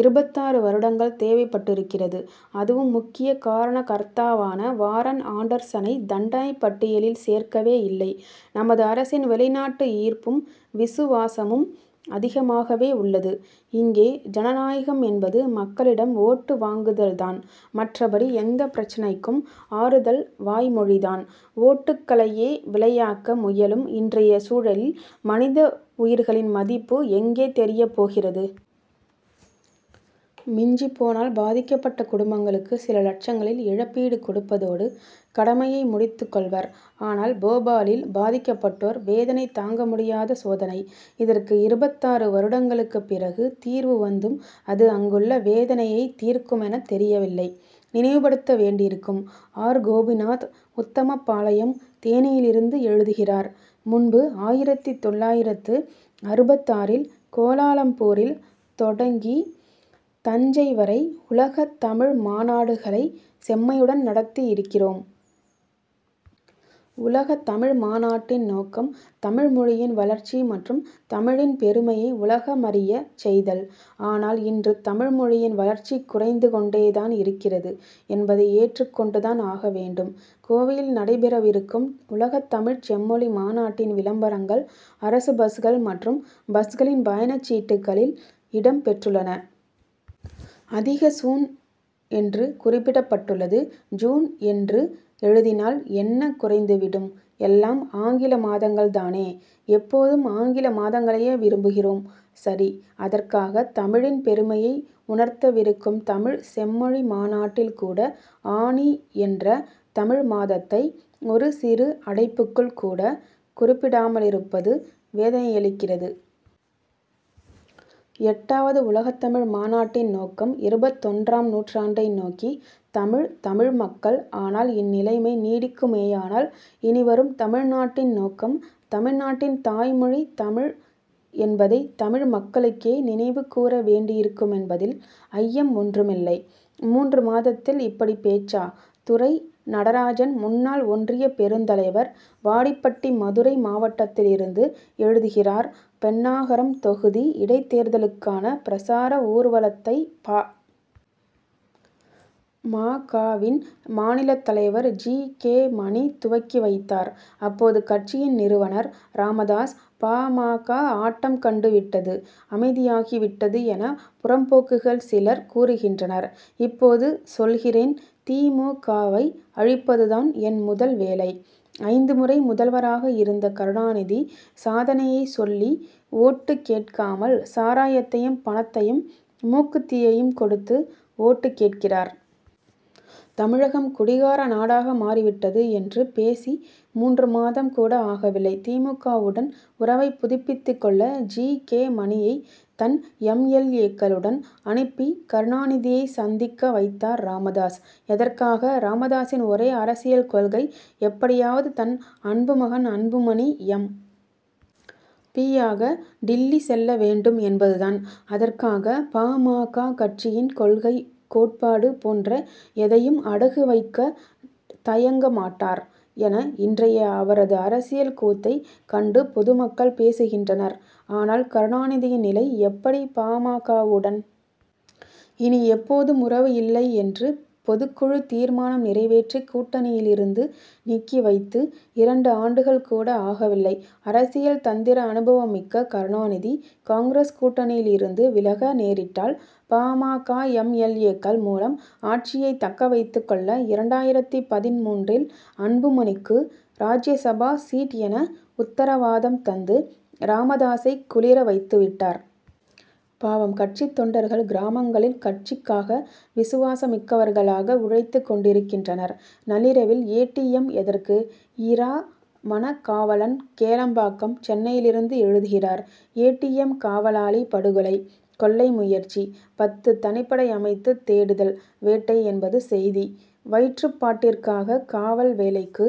இருபத்தாறு வருடங்கள் தேவைப்பட்டிருக்கிறது. அதுவும் முக்கிய காரணகர்த்தாவான வாரன் ஆன்டர்சனை தண்டனைப் பட்டியலில் சேர்க்கவே இல்லை. நமது அரசின் வெளிநாட்டு ஈர்ப்பும் விசுவாசமும் அதிகமாகவே உள்ளது. இங்கே ஜனநாயகம் என்பது மக்களிடம் ஓட்டு வாங்குதல் தான். மற்றபடி எந்தப் பிரச்னைக்கும் ஆறுதல் வாய்மொழி தான்! ஓட்டுக்களையே விலையாக்க முயலும் இன்றைய சூழலில் மனித உயிர்களின் மதிப்பு எங்கே தெரியப் போகிறது? மிஞ்சிப் போனால் பாதிக்கப்பட்ட குடும்பங்களுக்கு சில லட்சங்களில் இழப்பீடு கொடுப்பதோடு கடமையை முடித்துக் கொள்வர். ஆனால் போபாலில் பாதிக்கப்பட்டோர் வேதனை தாங்க முடியாத சோதனை. இதற்கு இருபத்தாறு வருடங்களுக்கு பிறகு தீர்வு வந்தும் அது அங்குள்ள வேதனையை தீர்க்குமென தெரியவில்லை. நினைவுபடுத்த வேண்டியிருக்கும்! ஆர். கோபிநாத் உத்தமபாளையம் தேனியிலிருந்து எழுதுகிறார் முன்பு ஆயிரத்து தொள்ளாயிரத்து அறுபத்தாறில் கோலாலம்பூரில் தொடங்கி தஞ்சை வரை உலகத் தமிழ் மாநாடுகளை செம்மையுடன் நடத்தி இருக்கிறோம். உலகத் தமிழ் மாநாட்டின் நோக்கம் தமிழ் மொழியின் வளர்ச்சி மற்றும் தமிழின் பெருமையை உலகமறியச் செய்தல்! ஆனால் இன்று தமிழ் மொழியின் வளர்ச்சி குறைந்து கொண்டேதான் இருக்கிறது என்பதை ஏற்றுக்கொண்டுதான் ஆக வேண்டும். கோவையில் நடைபெறவிருக்கும் உலகத்தமிழ்ச் செம்மொழி மாநாட்டின் விளம்பரங்கள் அரசு பஸ்கள் மற்றும் பஸ்களின் பயணச் சீட்டுகளில் இடம் பெற்றுள்ளன. அதிக சூன் என்று குறிப்பிடப்பட்டுள்ளது. ஜூன் என்று எழுதினால் என்ன குறைந்து விடும்? எல்லாம் ஆங்கில மாதங்கள் தானே! எப்போதும் ஆங்கில மாதங்களையே விரும்புகிறோம் சரி! அதற்காக தமிழின் பெருமையை உணர்த்தவிருக்கும் தமிழ்ச் செம்மொழி மாநாட்டில் கூட ஆனி என்ற தமிழ் மாதத்தை ஒரு சிறு அடைப்புக்குள் கூட குறிப்பிடாமலிருப்பது வேதனையளிக்கிறது. எட்டாவது உலகத்தமிழ் மாநாட்டின் நோக்கம் இருபத்தொன்றாம் நூற்றாண்டை நோக்கி தமிழ் தமிழ் மக்கள்! ஆனால் இந்நிலைமை நீடிக்குமேயானால் இனிவரும் தமிழ் நாட்டின் நோக்கம் தமிழ்நாட்டின் தாய்மொழி தமிழ் என்பதை தமிழ் மக்களுக்கே நினைவுகூற வேண்டியிருக்குமென்பதில் ஐயம் ஒன்றுமில்லை. மூன்று மாதத்தில் இப்படிப் பேச்சா? துரை. நடராஜன் முன்னாள் ஒன்றியப் பெருந்தலைவர் வாடிப்பட்டி மதுரை மாவட்டத்திலிருந்து எழுதுகிறார் பென்னாகரம் தொகுதி இடைத்தேர்தலுக்கான பிரசார ஊர்வலத்தை பா. ம. க.வின் மாநில தலைவர் ஜி. கே. மணி துவக்கி வைத்தார். அப்போது கட்சியின் நிறுவனர் ராமதாஸ் பா. ம. க. ஆட்டம் கண்டுவிட்டது அமைதியாகிவிட்டது என புறம்போக்குகள் சிலர் கூறுகின்றனர். இப்போது சொல்கிறேன்தி. மு. க.வை அழிப்பதுதான் என் முதல் வேலை. ஐந்து முறை முதல்வராக இருந்த கருணாநிதி சாதனையைச் சொல்லி ஓட்டு கேட்காமல் சாராயத்தையும் பணத்தையும் மூக்குத்தியையும் கொடுத்து ஓட்டு கேட்கிறார். தமிழகம் குடிகார நாடாக மாறிவிட்டது' என்று பேசி மூன்று மாதம் கூட ஆகவில்லை. தி. மு. க.வுடன் உறவை புதுப்பித்துக் கொள்ள ஜி. கே. மணியை தன் எம். எல். ஏ.க்களுடன் அனுப்பி கருணாநிதியை சந்திக்க வைத்தார் ராமதாஸ். எதற்காக? ராமதாசின் ஒரே அரசியல் கொள்கை எப்படியாவது தன் அன்பு மகன் அன்புமணி எம். பி.யாக டில்லி செல்ல வேண்டும் என்பதுதான்! அதற்காக பா. ம. க. கட்சியின் கொள்கை கோட்பாடு போன்ற எதையும் அடகு வைக்க தயங்க மாட்டார்' என இன்றைய அவரது அரசியல் கூத்தை கண்டு பொதுமக்கள் பேசுகின்றனர். ஆனால் கருணாநிதியின் நிலை எப்படி? பா. ம. க.வுடன் இனி எப்போதும் உறவு இல்லை' என்று பொதுக்குழு தீர்மானம் நிறைவேற்றி கூட்டணியிலிருந்து நீக்கி வைத்து இரண்டு ஆண்டுகள் கூட ஆகவில்லை! அரசியல் தந்திர அனுபவமிக்க கருணாநிதி காங்கிரஸ் கூட்டணியிலிருந்து விலக நேரிட்டால் பா. ம. க. எம். எல். ஏக்கள் மூலம் ஆட்சியை தக்கவைத்துக் கொள்ள இரண்டாயிரத்து பதின்மூன்றில் அன்புமணிக்கு ராஜ்யசபா சீட்' என உத்தரவாதம் தந்து ராமதாசை குளிர வைத்துவிட்டார்! பாவம் கட்சித் தொண்டர்கள்கிராமங்களில் கட்சிக்காக விசுவாசமிக்கவர்களாக உழைத்துக் கொண்டிருக்கின்றனர். நள்ளிரவில் ஏ. டி. எம். எதற்கு? இரா. மனகாவலன் கேளம்பாக்கம் சென்னையிலிருந்து எழுதுகிறார் ஏ. டி. எம். காவலாளி படுகொலை. கொள்ளை முயற்சி. பத்து தனிப்படை அமைத்து தேடுதல் வேட்டை என்பது செய்தி. வயிற்றுப்பாட்டிற்காக காவல் வேலைக்கு